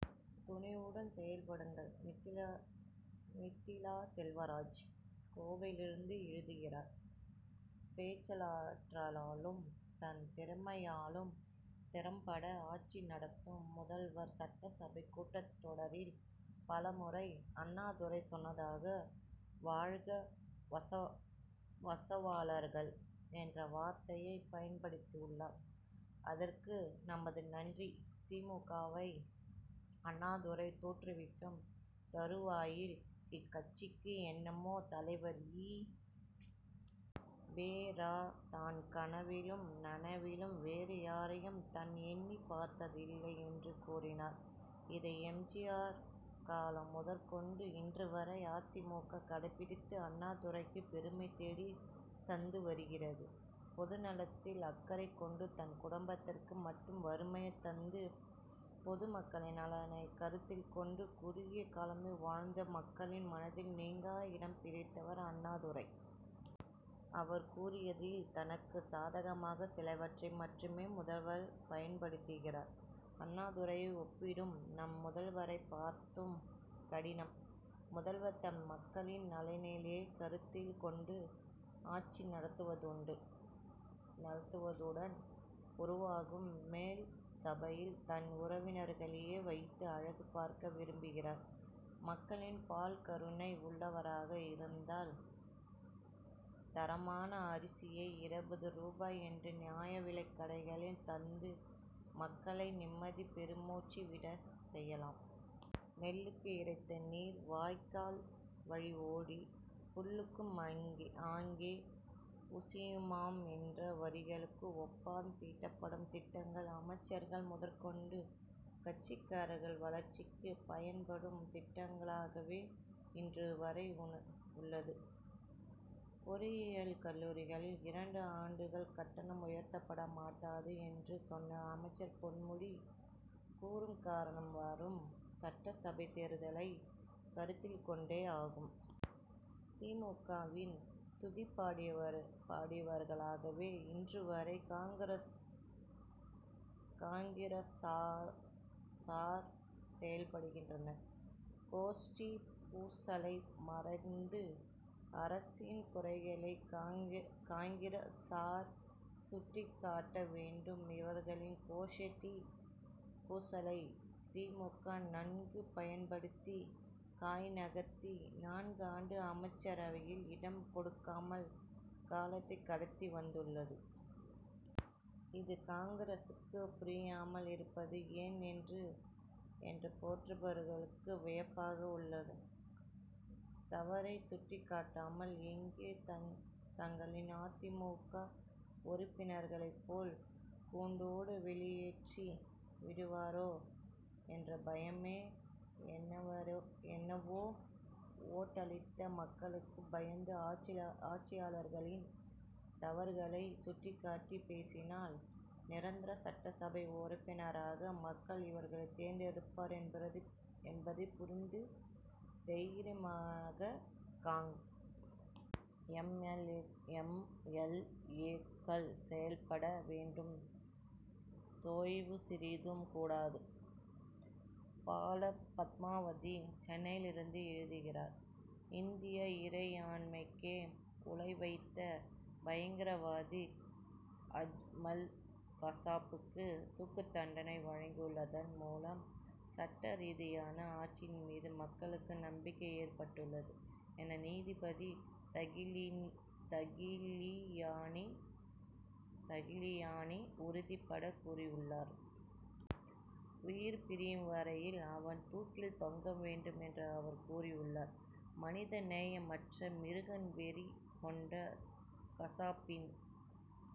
துணிவுடன் செயல்படுங்கள் நித்திலா செல்வராஜ் கோவையிலிருந்து எழுதுகிறார் பேச்சாற்றலாலும் தன் திறமையாலும் திறம்பட ஆட்சி நடத்தும் முதல்வர் சட்டசபை கூட்டத்தொடரில் பலமுறை அண்ணாதுரை சொன்னதாக வாழ்க வசவாளர்கள் என்ற வார்த்தையை பயன்படுத்தியுள்ளார் அதற்கு நமது நன்றி. தி. மு. க.வை அண்ணாதுரை தோற்றுவிக்கும் தறுவாயில் இக்கட்சிக்கு என்றுமே தலைவர் ஈ. வெ. ரா. தான் கனவிலும் நனவிலும் வேறு யாரையும் தான் எண்ணி பார்த்தது இல்லை என்று கூறினார். இதை எம். ஜி. ஆர். காலம் முதற்கொண்டு இன்று வரை அ. தி. மு. க. கடைபிடித்து அண்ணாதுரைக்கு பெருமை தேடி தந்து வருகிறது. பொதுநலத்தில் அக்கறை கொண்டு தன் குடும்பத்திற்கு மட்டும் வறுமையை தந்து பொதுமக்களின் நலனை கருத்தில் கொண்டு குறுகிய காலமே வாழ்ந்து மக்களின் மனதில் நீங்கா இடம் பிடித்தவர் அண்ணாதுரை. அவர் கூறியதில் தனக்கு சாதகமாக சிலவற்றை மட்டுமே முதல்வர் பயன்படுத்துகிறார். அண்ணாதுரையை ஒப்பிட்டு நம் முதல்வரை பார்ப்பது கடினம். முதல்வர் தம் மக்களின் நலனிலேயே கருத்தில் கொண்டு ஆட்சி நடத்துவதுடன் உருவாகும் மேல்சபையில் தன் உறவினர்களையே வைத்து அழகு பார்க்க விரும்புகிறார். மக்களின் பால் கருணை உள்ளவராக இருந்தால் தரமான அரிசியை இருபது ரூபாய் என்று நியாய விலைக் கடைகளில் தந்து மக்களை நிம்மதி பெருமூச்சு விட செய்யலாம். நெல்லுக்கு இரைத்த நீர் வாய்க்கால் வழியோடி புல்லுக்கும் ஆங்கே புசியுமாம் என்ற வரிகளுக்கு ஒப்ப தீட்டப்படும் திட்டங்கள் அமைச்சர்கள் முதற்கொண்டு கட்சிக்காரர்கள் வளர்ச்சிக்கு பயன்படும் திட்டங்களாகவே இன்று வரை உள்ளது. பொறியியல் கல்லூரிகளில் இரண்டு ஆண்டுகள் கட்டணம் உயர்த்தப்பட மாட்டாது என்று சொன்ன அமைச்சர் பொன்முடி கூறும் காரணம் வரும் சட்டசபை தேர்தலை கருத்தில் கொண்டே ஆகும். தி. மு. க.வின் துதிபாடிகளாகவே இன்று வரை காங்கிரசார் செயல்படுகின்றனர். கோஷ்டிப் பூசலை மறந்து அரசின் குறைகளை காங்கிரசார் சுட்டிக்காட்ட வேண்டும். இவர்களின் கோஷ்டிப் பூசலை தி. மு. க. நன்கு பயன்படுத்தி காய் நகர்த்தி நான்கு ஆண்டு அமைச்சரவையில் இடம் கொடுக்காமல் காலத்தை கடத்தி வந்துள்ளது. இது காங்கிரசாருக்கு புரியாமல் இருப்பது ஏன் என்று என்போன்றவர்களுக்கு வியப்பாக உள்ளது. தவறை சுட்டிக் காட்டினால் எங்கே தங்களையும் அ. தி. மு. க. உறுப்பினர்களை போல் கூண்டோடு வெளியேற்றி விடுவரோ என்ற பயமோ என்னவோ. ஓட்டளித்த மக்களுக்கு பயந்து ஆட்சியாளர்களின் தவறுகளை சுட்டிக்காட்டி பேசினால் நிரந்தர சட்டசபை உறுப்பினராக மக்கள் இவர்களை தேர்ந்தெடுப்பர் என்பதை புரிந்து தைரியமாக காங். எம். எல். ஏ.க்கள் செயல்பட வேண்டும். தொய்வு சிறிதும் கூடாது பால. பத்மாவதி சென்னையிலிருந்து எழுதுகிறார் இந்திய இறையாண்மைக்கே உலை வைத்த பயங்கரவாதி அஜ்மல் கசாபுக்கு தூக்குதண்டனை வழங்கியுள்ளதன் மூலம் சட்டரீதியான ஆட்சியின் மீது மக்களுக்கு நம்பிக்கை ஏற்பட்டுள்ளது என நீதிபதி தகிலியானி உறுதிபடக் கூறியுள்ளார். உயிர் பிரியும் வரையில் அவன் தூக்கில் தொங்க வேண்டும் என்றும் அவர் கூறியுள்ளார். மனித நேயமற்ற மிருகவெறி கொண்ட கசாபின்